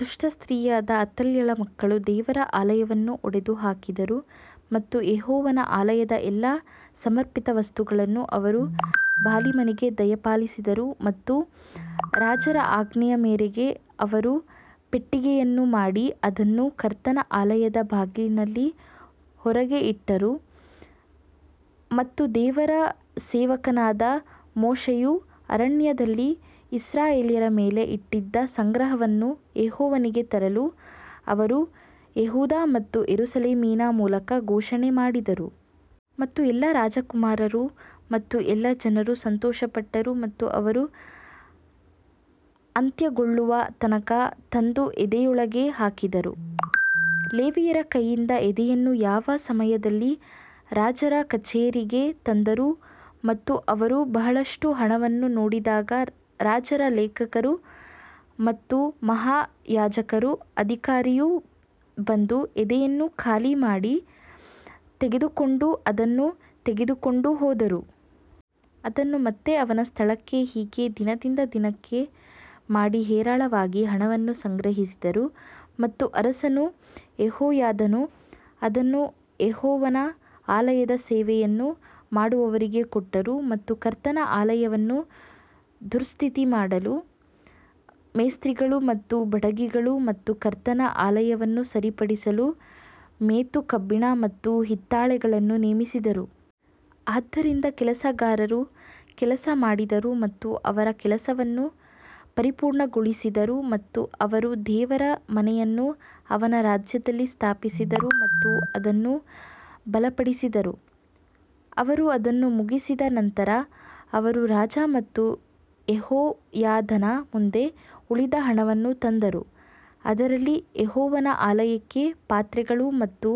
ದುಷ್ಟ ಸ್ತ್ರೀಯಾದ ಅತಲ್ಯಳ ಮಕ್ಕಳು ದೇವರ ಆಲಯವನ್ನು ಒಡೆದು ಹಾಕಿದರು ಮತ್ತು ಯೆಹೋವನ ಆಲಯದ ಎಲ್ಲಾ ಸಮರ್ಪಿತ ವಸ್ತುಗಳನ್ನು ಅವರು ಬಾಲೀಮನಿಗೆ ದಯಪಾಲಿಸಿದರು. ಮತ್ತು ರಾಜರ ಆಜ್ಞೆಯ ಮೇರೆಗೆ ಅವರು ಪೆಟ್ಟಿಗೆಯನ್ನು ಮಾಡಿ ಅದನ್ನು ಕರ್ತನ ಆಲಯದ ಬಾಗಿಲಿನ ಹೊರಗೆ ಇಟ್ಟರು. ಮತ್ತು ದೇವರ ಸೇವಕನಾದ ಮೋಶೆಯು ಅರಣ್ಯದಲ್ಲಿ ಇಸ್ರಾಯೇಲ್ಯರ ಮೇಲೆ ಇಟ್ಟಿದ್ದ ಸಂಗ್ರಹವನ್ನು ಯೆಹೋವನಿಗೆ ತರಲು ಅವರು ಯೆಹೂದ ಮತ್ತು ಯೆರೂಸಲೇಮಿನ ಮೂಲಕ ಘೋಷಣೆ ಮಾಡಿದರು. ಮತ್ತು ಎಲ್ಲಾ ರಾಜಕುಮಾರರು ಮತ್ತು ಎಲ್ಲಾ ಜನರು ಸಂತೋಷಪಟ್ಟರು ಮತ್ತು ಅವರು ಅಂತ್ಯಗೊಳ್ಳುವ ತನಕ ತಂದು ಎದೆಯೊಳಗೆ ಹಾಕಿದರು. ಲೇವಿಯರ ಕೈಯಿಂದ ಎದೆಯನ್ನು ಯಾವ ಸಮಯದಲ್ಲಿ ರಾಜರ ಕಚೇರಿಗೆ ತಂದರು ಮತ್ತು ಅವರು ಬಹಳಷ್ಟು ಹಣವನ್ನು ನೋಡಿದಾಗ ರಾಜರ ಲೇಖಕರು ಮತ್ತು ಮಹಾಯಾಜಕ ಅಧಿಕಾರಿಯು ಬಂದು ಎದೆಯನ್ನು ಖಾಲಿ ಮಾಡಿ ತೆಗೆದುಕೊಂಡು ಅದನ್ನು ತೆಗೆದುಕೊಂಡು ಹೋದರು. ಅದನ್ನು ಮತ್ತೆ ಅವನ ಸ್ಥಳಕ್ಕೆ ಹೀಗೆ ದಿನದಿಂದ ದಿನಕ್ಕೆ ಮಾಡಿ ಹೇರಳವಾಗಿ ಹಣವನ್ನು ಸಂಗ್ರಹಿಸಿದರು ಮತ್ತು ಅರಸನೂ ಯೆಹೋಯಾದಾನೂ ಅದನ್ನು ಯೆಹೋವನ ಆಲಯದ ಸೇವೆಯನ್ನು ಮಾಡುವವರಿಗೆ ಕೊಟ್ಟರು ಮತ್ತು ಕರ್ತನ ಆಲಯವನ್ನು ದುರಸ್ತಿಮಾಡಲು ಮೇಸ್ತ್ರಿಗಳನ್ನು ಮತ್ತು ಬಡಗಿಗಳನ್ನು ಮತ್ತು ಕರ್ತನ ಆಲಯವನ್ನು ಸರಿಪಡಿಸಲು ಮೆತು ಕಬ್ಬಿಣ ಮತ್ತು ಹಿತ್ತಾಳೆಗಳನ್ನು ನೇಮಿಸಿದರು. ಆದ್ದರಿಂದ ಕೆಲಸಗಾರರು ಕೆಲಸ ಮಾಡಿದರು ಮತ್ತು ಅವರ ಕೆಲಸವನ್ನು ಪರಿಪೂರ್ಣಗೊಳಿಸಿದರು ಮತ್ತು ಅವರು ದೇವರ ಮನೆಯನ್ನು ಅವನ ರಾಜ್ಯದಲ್ಲಿ ಸ್ಥಾಪಿಸಿದರು ಮತ್ತು ಅದನ್ನು ಬಲಪಡಿಸಿದರು. ಅವರು ಅದನ್ನು ಮುಗಿಸಿದ ನಂತರ ಅವರು ರಾಜ ಮತ್ತು ಯೆಹೋಯಾದಾನ ಮುಂದೆ ಉಳಿದ ಹಣವನ್ನು ತಂದರು, ಅದರಲ್ಲಿ ಯೆಹೋವನ ಆಲಯಕ್ಕೆ ಪಾತ್ರೆಗಳು ಮತ್ತು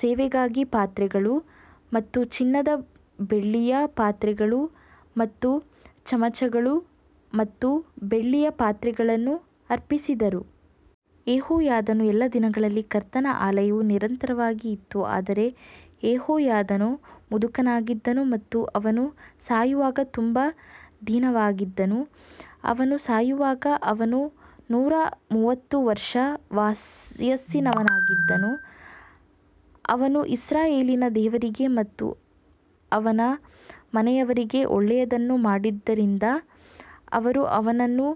ಸೇವೆಗಾಗಿ ಪಾತ್ರೆಗಳು ಮತ್ತು ಚಿನ್ನದ ಬೆಳ್ಳಿಯ ಪಾತ್ರೆಗಳು ಮತ್ತು ಚಮಚಗಳು ಮತ್ತು ಬೆಳ್ಳಿಯ ಪಾತ್ರೆಗಳನ್ನು ಅರ್ಪಿಸಿದರು. ಯೆಹೋಯಾದನ ಎಲ್ಲಾ ದಿನಗಳಲ್ಲಿ ಕರ್ತನ ಆಲಯವು ನಿರಂತರವಾಗಿ ಇತ್ತು ಆದರೆ ಯೆಹೋಯಾದನು ಮುದುಕನಾಗಿದ್ದನು ಮತ್ತು ಅವನು ಸಾಯುವಾಗ ತುಂಬ ದಿನವಾಗಿದ್ದನು, ಅವನು ಸಾಯುವಾಗ ಅವನು ನೂರ ಮೂವತ್ತು ವರ್ಷ ವಯಸ್ಸಿನವನಾಗಿದ್ದನು. ಅವನು ಇಸ್ರಾಯೇಲಿನಲ್ಲಿ ದೇವರಿಗೆ ಮತ್ತು ಅವನ ಮನೆಯವರಿಗೆ ಒಳ್ಳೆಯದನ್ನು ಮಾಡಿದ್ದರಿಂದ ಅವರು ಅವನನ್ನು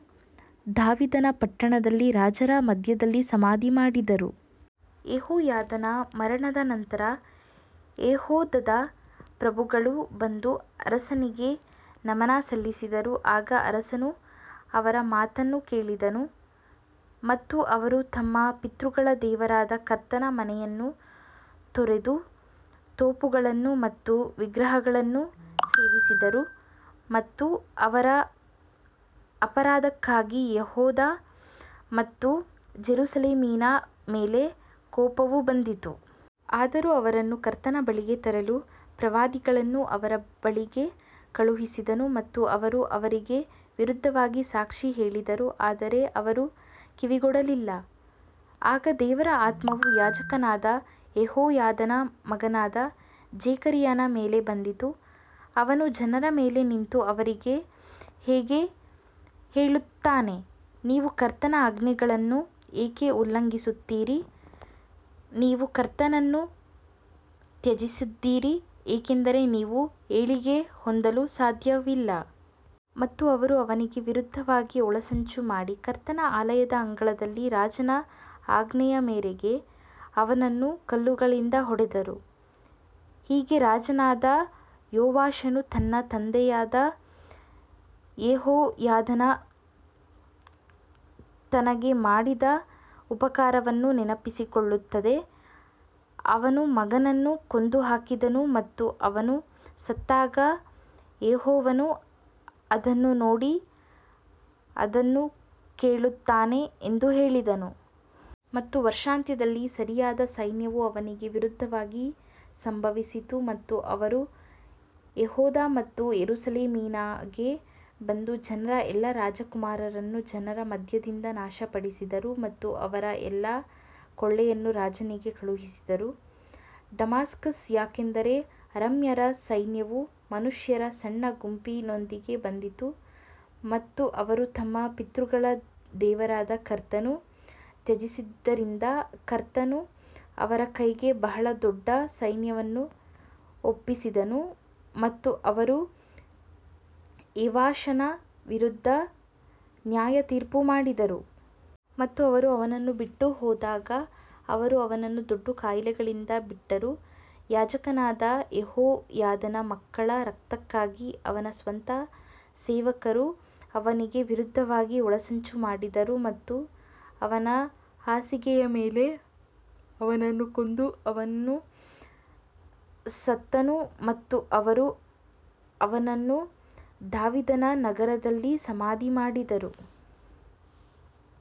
ದಾವೀದನ ಪಟ್ಟಣದಲ್ಲಿ ರಾಜರ ಮಧ್ಯದಲ್ಲಿ ಸಮಾಧಿ ಮಾಡಿದರು. ಯೆಹೋಯಾದನ ಮರಣದ ನಂತರ ಯೆಹೂದದ ಪ್ರಭುಗಳು ಬಂದು ಅರಸನಿಗೆ ನಮನ ಸಲ್ಲಿಸಿದರು ಆಗ ಅರಸನು ಅವರ ಮಾತನ್ನು ಕೇಳಿದನು. ಮತ್ತು ಅವರು ತಮ್ಮ ಪಿತೃಗಳ ದೇವರಾದ ಕರ್ತನ ಮನೆಯನ್ನು ತೊರೆದು ತೋಪುಗಳನ್ನು ಮತ್ತು ವಿಗ್ರಹಗಳನ್ನು ಸೇವಿಸಿದರು ಮತ್ತು ಅವರ ಅಪರಾಧಕ್ಕಾಗಿ ಯೆಹೂದ ಮತ್ತು ಜೆರುಸಲೇಮಿನ ಮೇಲೆ ಕೋಪವು ಬಂದಿತು. ಆದರೂ ಅವರನ್ನು ಕರ್ತನ ಬಳಿಗೆ ತರಲು ಪ್ರವಾದಿಗಳನ್ನು ಅವರ ಬಳಿಗೆ ಕಳುಹಿಸಿದನು ಮತ್ತು ಅವರು ಅವರಿಗೆ ವಿರುದ್ಧವಾಗಿ ಸಾಕ್ಷಿ ಹೇಳಿದರು ಆದರೆ ಅವರು ಕಿವಿಗೊಡಲಿಲ್ಲ. ಆಗ ದೇವರ ಆತ್ಮವು ಯಾಜಕನಾದ ಯೆಹೋಯಾದನ ಮಗನಾದ ಜೆಕರೀಯನ ಮೇಲೆ ಬಂದಿತು, ಅವನು ಜನರ ಮೇಲೆ ನಿಂತು ಅವರಿಗೆ ಹೀಗೆ ಹೇಳುತ್ತಾನೆ ನೀವು ಕರ್ತನ ಆಜ್ಞೆಗಳನ್ನು ಏಕೆ ಉಲ್ಲಂಘಿಸುತ್ತೀರಿ, ನೀವು ಕರ್ತನನ್ನು ತ್ಯಜಿಸಿದ್ದೀರಿ, ಏಕೆಂದರೆ ನೀವು ಏಳಿಗೆ ಹೊಂದಲು ಸಾಧ್ಯವಿಲ್ಲ. ಮತ್ತು ಅವರು ಅವನಿಗೆ ವಿರುದ್ಧವಾಗಿ ಒಳಸಂಚು ಮಾಡಿ ಕರ್ತನ ಆಲಯದ ಅಂಗಳದಲ್ಲಿ ರಾಜನ ಆಜ್ಞೆಯ ಮೇರೆಗೆ ಅವನನ್ನು ಕಲ್ಲುಗಳಿಂದ ಹೊಡೆದರು. ಹೀಗೆ ರಾಜನಾದ ಯೋವಾಷನು ತನ್ನ ತಂದೆಯಾದ ಯೆಹೋಯಾದನು ತನಗೆ ಮಾಡಿದ ಉಪಕಾರವನ್ನು ನೆನಪಿಸಿಕೊಳ್ಳದೆ ಅವನ ಮಗನನ್ನು ಕೊಂದುಹಾಕಿದನು ಮತ್ತು ಅವನು ಸತ್ತಾಗ ಯೆಹೋವನು ಅದನ್ನು ನೋಡಿ ಅದನ್ನು ಕೇಳುತ್ತಾನೆ ಎಂದು ಹೇಳಿದನು. ಮತ್ತು ವರ್ಷಾಂತ್ಯದಲ್ಲಿ ಸಿರಿಯಾದ ಸೈನ್ಯವು ಅವನಿಗೆ ವಿರುದ್ಧವಾಗಿ ಸಂಭವಿಸಿತು ಮತ್ತು ಅವರು ಯೆಹೂದ ಮತ್ತು ಯೆರೂಸಲೇಮಿಗೆ ಬಂದು ಜನರ ಎಲ್ಲಾ ರಾಜಕುಮಾರರನ್ನು ಜನರ ಮಧ್ಯದಿಂದ ನಾಶಪಡಿಸಿದರು ಮತ್ತು ಅವರ ಎಲ್ಲಾ ಕೊಳ್ಳೆಯನ್ನು ರಾಜನಿಗೆ ಕಳುಹಿಸಿದರು. ಡಮಾಸ್ಕಸ್ ಯಾಕಂದರೆ ಅರಾಮ್ಯರ ಸೈನ್ಯವು ಮನುಷ್ಯರ ಸಣ್ಣ ಗುಂಪಿನೊಂದಿಗೆ ಬಂದಿತು ಮತ್ತು ಅವರು ತಮ್ಮ ಪಿತೃಗಳ ದೇವರಾದ ಕರ್ತನನ್ನು ತ್ಯಜಿಸಿದ್ದರಿಂದ ಕರ್ತನು ಅವರ ಕೈಗೆ ಬಹಳ ದೊಡ್ಡ ಸೈನ್ಯವನ್ನು ಒಪ್ಪಿಸಿದನು ಮತ್ತು ಅವರು ಯೋವಾಷನ ವಿರುದ್ಧ ನ್ಯಾಯತೀರ್ಪು ಮಾಡಿದರು. ಮತ್ತು ಅವರು ಅವನನ್ನು ಬಿಟ್ಟು ಹೋದಾಗ ಅವರು ಅವನನ್ನು ದೊಡ್ಡ ಕಾಯಿಲೆಗಳಲ್ಲಿ ಬಿಟ್ಟರು, ಯಾಜಕನಾದ ಯೆಹೋಯಾದನ ಮಕ್ಕಳ ರಕ್ತಕ್ಕಾಗಿ ಅವನ ಸ್ವಂತ ಸೇವಕರು ಅವನಿಗೆ ವಿರುದ್ಧವಾಗಿ ಒಳಸಂಚು ಮಾಡಿದರು ಮತ್ತು ಅವನ ಹಾಸಿಗೆಯ ಮೇಲೆ ಅವನನ್ನು ಕೊಂದು ಅವನು ಸತ್ತನು ಮತ್ತು ಅವರು ಅವನನ್ನು ದಾವೀದನ ನಗರದಲ್ಲಿ ಸಮಾಧಿ ಮಾಡಿದರು.